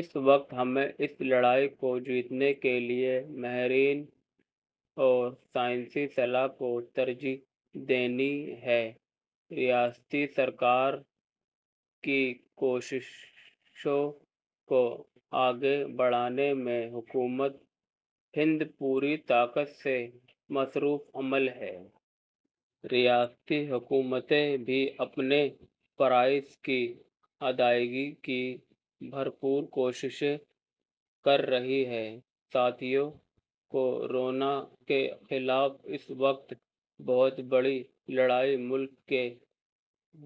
اس وقت ، ہمیں اس لڑائی کو جیتنے کے لیے، ماہرین اور سائنسی صلاح کو ترجیح دینی ہے۔ ریاستی سرکار کی کوششوں کو آگے بڑھانے میں حکومت ہند پوری طاقت سے مصروف عمل ہے۔ ریاستی حکومتیں بھی اپنے فرائض کی ادائیگی کی بھر پور کوششیں کر رہی ہیں۔ ساتھیو، کو رونا کے خلاف اس وقت بہت بڑی لڑائی ملک کے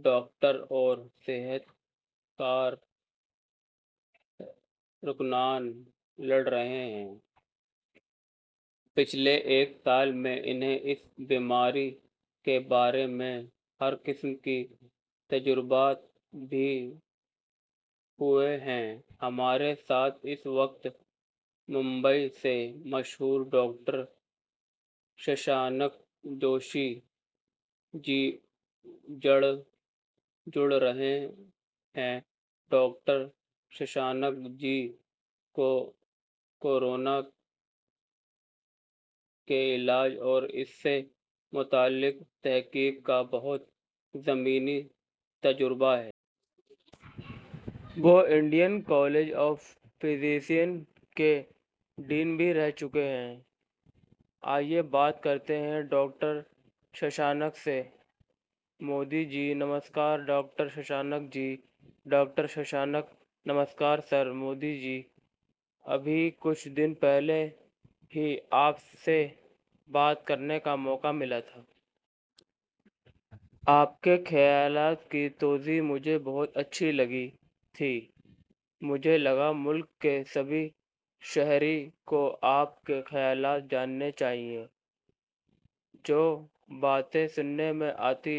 ڈاکٹر اور صحت کارکنان لڑ رہے ہیں۔ پچھلے ایک سال میں انہیں اس بیماری کے بارے میں ہر قسم کے تجربات بھی ہوئے ہیں۔ ہمارے ساتھ، اس وقت ، ممبیٔ سے مشہور ڈاکٹر ششانک جوشی جی جڑ رہے ہیں۔ ڈاکٹر ششانک جی کو کو رونا کے علاج اور اس سے متعلق تحقیق کا بہت زمینی تجربہ ہے۔ وہ انڈین کالج آف فیزیسین کے ڈین بھی رہ چکے ہیں۔ آئیے بات کرتے ہیں ڈاکٹر ششانک سے :- مودی جی – نمسکار ڈاکٹر ششانک جی ڈاکٹر ششانک – نمسکار سر۔ مودی جی – ابھی کچھ دن پہلے ہی آپ سے بات کرنے کا موقع ملا تھا۔ آپکے خیالات کی توضیح مجھے بہت اچھی لگی تھی۔ مجھے لگا ملک کے سبھی شہری کو آپ کے خیالات جاننے چاہیئے۔ جو باتیں سننے میں آتی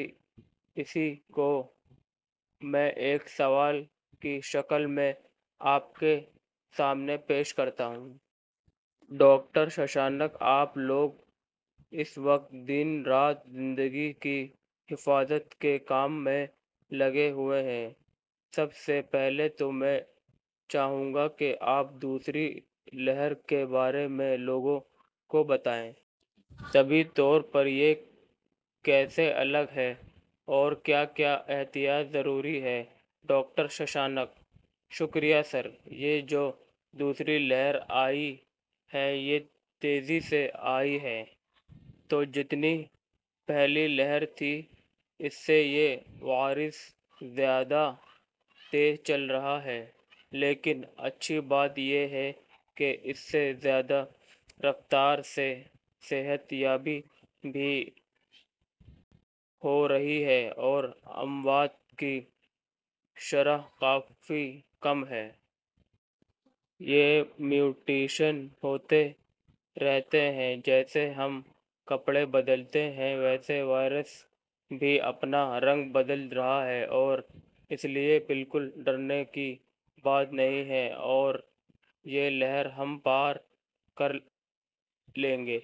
اسی کو میں ایک سوال کی شکل میں آپکے سامنے پیش کرتا ہوں۔ ڈاکٹر ششانک – آپ لوگ اس وقت دن رات زندگی کی حفاظت کے کام میں لگے ہوئے ہیں، سب سے پہلے تو میں چاہونگا کہ آپ دوسری لہر کے بارے میں لوگوں کو بتائیں۔ طبی طور پر یہ کیسے الگ ہے اور کیا کیا احتیاط ضروری ہے۔ ڈاکٹر ششانک – شکریہ سر، یہ جو دوسری لہر آئی ہے۔ یہ تیزی سے آئی ہے، تو جتنی پہلی لہر تھی اس سے یہ وائرس زیادہ تیز چل رہا ہے، لیکن اچھی بات یہ ہے کہ اس سے زیادہ رفتار سےصحت یابی بھی ہو رہی ہے اور اموات کی شرح کافی کم ہے۔ یہ میوٹیشن ہوتے رہتے ہیں جیسے ہم کپڑے بدلتے ہیں ویسے وائرس بھی اپنا رنگ بدل رہا ہے اور اسلئے بالکل ڈرنے کی بات نہیں ہے اور یہ لہر ہم پار کر لیں گے۔